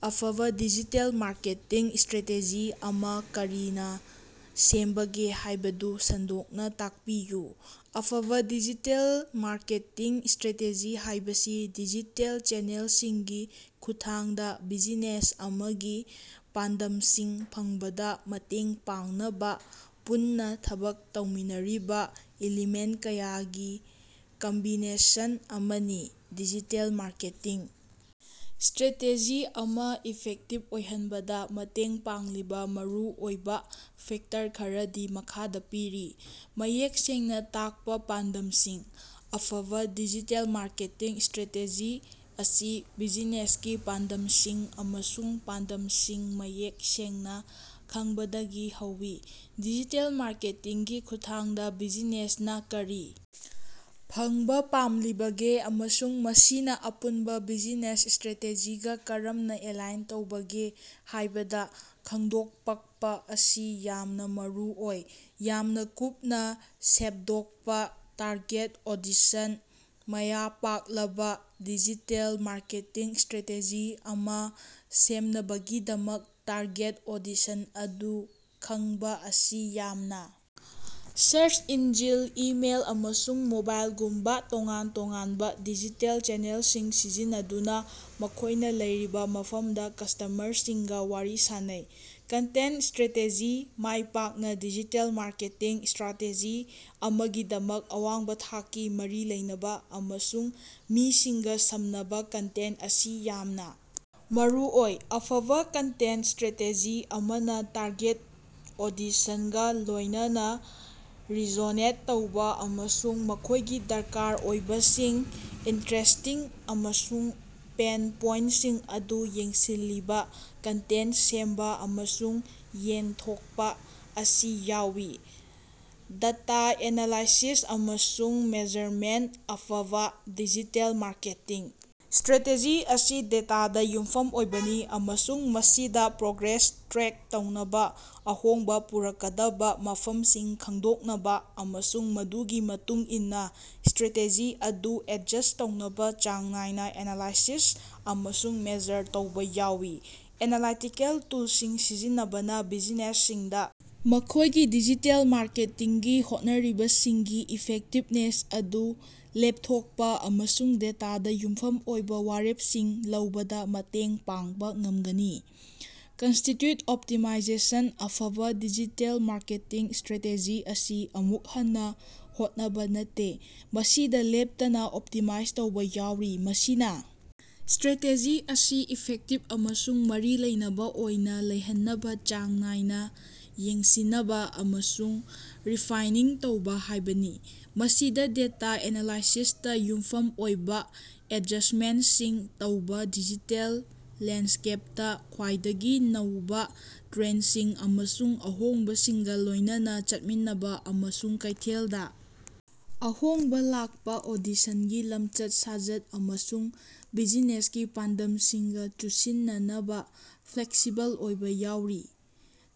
ꯑꯐꯕꯥ digital marketing strategy ꯑꯃꯥ ꯀꯔꯤꯅꯥ ꯁꯦꯝꯕꯒꯦ ꯍꯥꯏꯕꯗꯨ ꯁꯟꯗꯣꯛꯅꯥ ꯇꯥꯛꯄꯤꯌꯨ꯫ ꯑꯐꯕꯥ ꯗꯤꯖꯤꯇꯦꯜ ꯃꯥꯔꯀꯦꯇꯤꯡ ꯁ꯭ꯇꯔꯦꯇꯦꯖꯤ ꯍꯥꯏꯕꯁꯤ ꯗꯤꯖꯤꯇꯦꯜ ꯆꯦꯅꯦꯜꯁꯤꯡꯒꯤ ꯈꯨꯠꯊꯥꯡꯗꯥ ꯕꯤꯖꯤꯅꯦꯁ ꯑꯃꯒꯤ ꯄꯥꯟꯗꯝꯁꯤꯡ ꯐꯪꯕꯗꯥ ꯃꯇꯦꯡ ꯄꯥꯡꯅꯕꯥ ꯄꯨꯟꯅꯥ ꯊꯕꯛ ꯇꯧꯃꯤꯟꯅꯔꯤꯕꯥ ꯏꯂꯤꯃꯦꯟꯇ ꯀꯌꯥꯒꯤ ꯀꯝꯕꯤꯅꯦꯁꯟ ꯑꯃꯅꯤ꯫ ꯗꯤꯖꯤꯇꯦꯜ ꯃꯥꯔꯀꯦꯇꯤꯡ ꯁ꯭ꯇꯔꯦꯇꯦꯖꯤ ꯑꯃꯥ ꯏꯐꯦꯛꯇꯤꯕ ꯑꯣꯏꯍꯟꯕꯗꯥ ꯃꯇꯦꯡ ꯄꯥꯡꯂꯤꯕꯥ ꯃꯔꯨꯑꯣꯏꯕꯥ ꯐꯦꯛꯇꯔ ꯈꯔꯗꯤ ꯃꯈꯥꯗꯥ ꯄꯤꯔꯤ: ꯃꯌꯦꯛ ꯁꯦꯡꯅꯥ ꯇꯥꯛꯄꯥ ꯄꯥꯟꯗꯝꯁꯤꯡ: ꯑꯐꯕꯥ ꯗꯤꯖꯤꯇꯦꯜ ꯃꯥꯔꯀꯦꯇꯤꯡ ꯁ꯭ꯇꯔꯦꯇꯦꯖꯤ ꯑꯁꯤ ꯕꯤꯖꯤꯅꯦꯁꯀꯤ ꯄꯥꯟꯗꯝꯁꯤꯡ ꯑꯃꯁꯨꯡ ꯄꯥꯟꯗꯝꯁꯤꯡ ꯃꯌꯦꯛ ꯁꯦꯡꯅꯥ ꯈꯪꯕꯗꯒꯤ ꯍꯧꯏ꯫ ꯗꯤꯖꯤꯇꯦꯜ ꯃꯥꯔꯀꯦꯇꯤꯡꯒꯤ ꯈꯨꯠꯊꯥꯡꯗꯥ ꯕꯤꯖꯤꯅꯦꯁꯅꯥ ꯀꯔꯤ ꯐꯪꯕꯥ ꯄꯥꯝꯂꯤꯕꯒꯦ ꯑꯃꯁꯨꯡ ꯃꯁꯤꯅ ꯑꯄꯨꯟꯕ ꯕꯤꯖꯤꯅꯦꯁ ꯁ꯭ꯇꯔꯦꯇꯦꯖꯤꯒꯥ ꯀꯔꯝꯅꯥ ꯑꯦꯂꯥꯏꯟ ꯇꯧꯕꯒꯦ ꯍꯥꯏꯕꯗ ꯈꯪꯗꯣꯛꯄꯛꯄꯥ ꯑꯁꯤ ꯌꯥꯝꯅꯥ ꯃꯔꯨꯑꯣꯏ꯫ ꯌꯥꯝꯅꯥ ꯀꯨꯞꯅꯥ ꯁꯦꯞꯗꯣꯛꯄꯥ ꯇꯥꯔꯒꯦꯠ ꯑꯣꯗꯤꯁꯟ: ꯃꯥꯌ ꯄꯥꯛꯂꯕꯥ ꯗꯤꯖꯤꯇꯦꯜ ꯃꯥꯔꯀꯦꯇꯤꯡ ꯁ꯭ꯠꯔꯦꯇꯦꯖꯤ ꯑꯃꯥ ꯁꯦꯝꯅꯕꯒꯤꯗꯃꯛ ꯇꯥꯔꯒꯦꯠ ꯑꯣꯗꯤꯁꯟ ꯑꯗꯨ ꯈꯡꯕꯥ ꯑꯁꯤ ꯌꯥꯝꯅꯥ ꯁꯔꯆ ꯏꯟꯖꯤꯟ, ꯏꯃꯦꯜ, ꯑꯃꯁꯨꯡ ꯃꯣꯕꯥꯏꯂꯒꯨꯝꯕꯥ ꯇꯣꯉꯥꯟ ꯇꯣꯉꯥꯟꯕꯥ ꯗꯤꯖꯤꯇꯦꯜ ꯆꯦꯅꯦꯜꯁꯤꯡ ꯁꯤꯖꯤꯟꯅꯗꯨꯅꯥ ꯃꯈꯣꯏꯅꯥ ꯂꯩꯔꯤꯕꯥ ꯃꯐꯝꯗꯥ ꯀꯁ꯭ꯇꯃꯔꯁꯤꯡꯒꯥ ꯋꯥꯔꯤ ꯁꯥꯅꯩ꯫ ꯀꯟꯇꯦꯟꯇ ꯁ꯭ꯇꯔꯦꯇꯦꯖꯤ: ꯃꯥꯏꯄꯥꯛꯅꯥ ꯗꯤꯖꯤꯇꯦꯜ ꯃꯥꯔꯀꯦꯇꯤꯡ ꯁ꯭ꯇꯔꯥꯇꯦꯖꯤ ꯑꯃꯒꯤꯗꯃꯛ ꯑꯋꯥꯡꯕꯥ ꯊꯥꯛꯀꯤ, ꯃꯔꯤ ꯂꯩꯅꯕꯥ, ꯑꯃꯁꯨꯡ ꯃꯤꯁꯤꯡꯒꯥ ꯁꯝꯅꯕꯥ ꯀꯟꯇꯦꯟꯇ ꯑꯁꯤ ꯌꯥꯝꯅꯥ ꯃꯔꯨꯑꯣꯏ꯫ ꯑꯐꯕꯥ ꯀꯟꯇꯦꯟꯇ ꯁ꯭ꯇꯔꯦꯇꯦꯖꯤ ꯑꯃꯅꯥ ꯇꯥꯔꯒꯦꯠ ꯑꯣꯗꯤꯁꯟꯒꯥ ꯂꯣꯏꯅꯅꯥ ꯔꯤꯖꯣꯅꯦꯠ ꯇꯧꯕꯥ ꯑꯃꯁꯨꯡ ꯃꯈꯣꯏꯒꯤ ꯗꯔꯀꯥꯔ ꯑꯣꯏꯕꯁꯤꯡ ꯏꯟꯇꯔꯦꯁ꯭ꯇꯁꯤꯡ ꯑꯃꯁꯨꯡ ꯄꯦꯟ ꯄꯣꯏꯟꯇꯁꯤꯡ ꯑꯗꯨ ꯌꯦꯡꯁꯤꯜꯂꯤꯕꯥ ꯀꯟꯇꯦꯟꯇ ꯁꯦꯝꯕꯥ ꯑꯃꯁꯨꯡ ꯌꯦꯟꯊꯣꯛꯄꯥ ꯑꯁꯤ ꯌꯥꯎꯏ꯫ ꯗꯥꯇꯥ ꯑꯦꯅꯥꯂꯥꯏꯁꯤꯁ ꯑꯃꯁꯨꯡ ꯃꯦꯖꯔꯃꯦꯟꯇ: ꯑꯐꯕꯥ ꯗꯤꯖꯤꯇꯦꯜ ꯃꯥꯔꯀꯦꯇꯤꯡ ꯁ꯭ꯇꯔꯦꯇꯦꯖꯤ ꯑꯁꯤ ꯗꯦꯇꯥꯗꯥ ꯌꯨꯝꯐꯝ ꯑꯣꯏꯕꯅꯤ꯫ ꯑꯃꯁꯨꯡ ꯃꯁꯤꯗꯥ ꯄ꯭ꯔꯣꯒ꯭ꯔꯦꯁ ꯇ꯭ꯔꯦꯛ ꯇꯧꯅꯕꯥ, ꯑꯍꯣꯡꯕꯥ ꯄꯨꯔꯛꯀꯗꯕꯥ ꯃꯐꯝꯁꯤꯡ ꯈꯪꯗꯣꯛꯅꯕꯥ ꯑꯃꯁꯨꯡ ꯃꯗꯨꯒꯤ ꯃꯇꯨꯡ ꯏꯟꯅꯥ ꯁ꯭ꯇꯔꯦꯇꯦꯖꯤ ꯑꯗꯨ ꯑꯦꯗꯖꯁ꯭ꯠ ꯇꯧꯅꯕꯥ ꯆꯥꯡ ꯅꯥꯏꯅꯥ ꯑꯦꯅꯥꯂꯥꯏꯁꯤꯁ ꯑꯃꯁꯨꯡ ꯃꯦꯖꯔ ꯇꯧꯕꯥ ꯌꯥꯎꯏ꯫ ꯑꯦꯅꯥꯂꯥꯏꯇꯤꯀꯦꯜ ꯇꯨꯜꯁꯤꯡ ꯁꯤꯖꯤꯟꯅꯕꯅꯥ ꯕꯤꯖꯤꯅꯦꯁꯁꯤꯡꯗꯥ ꯃꯈꯣꯏꯒꯤ ꯗꯤꯖꯤꯇꯦꯜ ꯃꯥꯔꯀꯦꯇꯤꯡꯒꯤ ꯍꯣꯠꯅꯔꯤꯕꯁꯤꯡꯒꯤ ꯏꯐꯦꯛꯇꯤꯕꯅꯦꯁ ꯑꯗꯨ ꯂꯦꯞꯊꯣꯛꯄꯥ ꯑꯃꯁꯨꯡ ꯗꯦꯇꯥꯗꯥ ꯌꯨꯝꯐꯝ ꯑꯣꯏꯕꯥ ꯋꯥꯔꯦꯄꯁꯤꯡ ꯂꯧꯕꯗꯥ ꯃꯇꯦꯡ ꯄꯥꯡꯕꯥ ꯉꯝꯒꯅꯤ꯫ ꯀꯟꯇꯤꯟꯌꯨꯎꯁ ꯑꯣꯞꯇꯤꯃꯥꯏꯖꯦꯁꯟ: ꯑꯐꯕꯥ ꯗꯤꯖꯤꯇꯦꯜ ꯃꯥꯔꯀꯦꯇꯤꯡ ꯁ꯭ꯇꯔꯦꯇꯦꯖꯤ ꯑꯁꯤ ꯑꯃꯨꯛ ꯍꯟꯅꯥ ꯍꯣꯠꯅꯕꯥ ꯅꯠꯇꯦ꯫ ꯃꯁꯤꯗꯥ ꯂꯦꯞꯇꯅꯥ ꯑꯣꯞꯇꯤꯃꯥꯏꯖ ꯇꯧꯕꯥ ꯌꯥꯎꯔꯤ꯫ ꯃꯁꯤꯅꯥ ꯁ꯭ꯇꯔꯦꯇꯦꯖꯤ ꯑꯁꯤ ꯏꯐꯦꯛꯇꯤꯕ ꯑꯃꯁꯨꯡ ꯃꯔꯤ ꯂꯩꯅꯕꯥ ꯑꯣꯏꯅꯥ ꯂꯩꯍꯟꯅꯕꯥ ꯆꯥꯡ ꯅꯥꯏꯅꯥ ꯌꯦꯡꯁꯤꯅꯕꯥ ꯑꯃꯁꯨꯡ ꯔꯤꯐꯥꯏꯅꯤꯡ ꯇꯧꯕꯥ ꯍꯥꯏꯕꯅꯤ꯫ ꯃꯁꯤꯗꯥ ꯗꯦꯇꯥ ꯑꯦꯅꯥꯂꯥꯏꯁꯤꯁꯇꯥ ꯌꯨꯝꯐꯝ ꯑꯣꯏꯕꯥ ꯑꯦꯗꯖꯁ꯭ꯇꯃꯦꯟꯇꯁꯤꯡ ꯇꯧꯕꯥ ꯗꯤꯖꯤꯇꯦꯜ ꯂꯦꯟꯗꯁ꯭ꯀꯦꯄꯇꯥ ꯈ꯭ꯋꯥꯏꯗꯒꯤ ꯅꯧꯕꯥ ꯇ꯭ꯔꯦꯟꯗꯁꯤꯡ ꯑꯃꯁꯨꯡ ꯑꯍꯣꯡꯕꯁꯤꯡꯒꯥ ꯂꯣꯏꯅꯅꯥ ꯆꯠꯃꯤꯟꯅꯕꯥ, ꯑꯃꯁꯨꯡ ꯀꯩꯊꯦꯜꯗꯥ ꯑꯍꯣꯡꯕꯥ ꯂꯥꯛꯄꯥ ꯑꯣꯗꯤꯁꯟꯒꯤ ꯂꯝꯆꯠ-ꯁꯥꯖꯠ ꯑꯃꯁꯨꯡ ꯕꯤꯖꯤꯅꯦꯁꯀꯤ ꯄꯥꯟꯗꯝꯁꯤꯡꯒꯥ ꯆꯨꯁꯤꯟꯅꯅꯕꯥ ꯐ꯭ꯂꯦꯛꯁꯤꯕꯜ ꯑꯣꯏꯕꯥ ꯌꯥꯎꯔꯤ꯫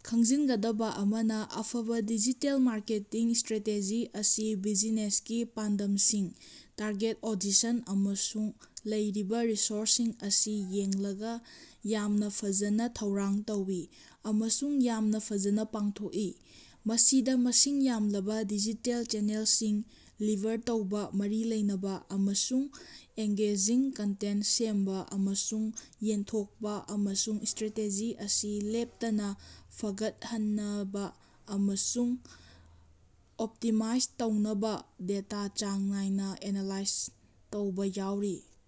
ꯈꯪꯖꯤꯟꯒꯗꯕꯥ ꯑꯃꯅꯥ ꯑꯐꯕꯥ ꯗꯤꯖꯤꯇꯦꯜ ꯃꯥꯔꯀꯦꯇꯤꯡ ꯁ꯭ꯇꯔꯦꯇꯦꯖꯤ ꯑꯁꯤ ꯕꯤꯖꯤꯅꯦꯁꯀꯤ ꯄꯥꯟꯗꯝꯁꯤꯡ, ꯇꯥꯔꯒꯦꯠ ꯑꯣꯗꯤꯁꯟ, ꯑꯃꯁꯨꯡ ꯂꯩꯔꯤꯕꯥ ꯔꯤꯁꯣꯔꯁꯁꯤꯡ ꯑꯁꯤ ꯌꯦꯡꯂꯒꯥ ꯌꯥꯝꯅꯥ ꯐꯖꯅꯥ ꯊꯧꯔꯥꯡ ꯇꯧꯏ ꯑꯃꯁꯨꯡ ꯌꯥꯝꯅꯥ ꯐꯖꯅꯥ ꯄꯥꯡꯊꯣꯛꯏ꯫ ꯃꯁꯤꯗꯥ ꯃꯁꯤꯡ ꯌꯥꯝꯂꯕꯥ ꯗꯤꯖꯤꯇꯦꯜ ꯆꯦꯅꯦꯜꯁꯤꯡ ꯂꯤꯚꯔ ꯇꯧꯕꯥ ꯃꯔꯤ ꯂꯩꯅꯕꯥ ꯑꯃꯁꯨꯡ ꯑꯦꯉ꯭ꯒꯦꯖꯤꯡ ꯀꯟꯇꯦꯟꯇ ꯁꯦꯝꯕꯥ ꯑꯃꯁꯨꯡ ꯌꯦꯟꯊꯣꯛꯄꯥ, ꯑꯃꯁꯨꯡ ꯁ꯭ꯇꯔꯦꯇꯦꯖꯤ ꯑꯁꯤ ꯂꯦꯞꯇꯅꯥ ꯐꯒꯠꯍꯟꯅꯕꯥ ꯑꯃꯁꯨꯡ ꯑꯣꯞꯇꯤꯃꯥꯏꯖ ꯇꯧꯅꯕꯥ ꯗꯦꯇꯥ ꯆꯥꯡ ꯅꯥꯏꯅꯥ ꯑꯦꯅꯥꯂꯥꯏꯖ ꯇꯧꯕꯥ ꯌꯥꯎꯔꯤ꯫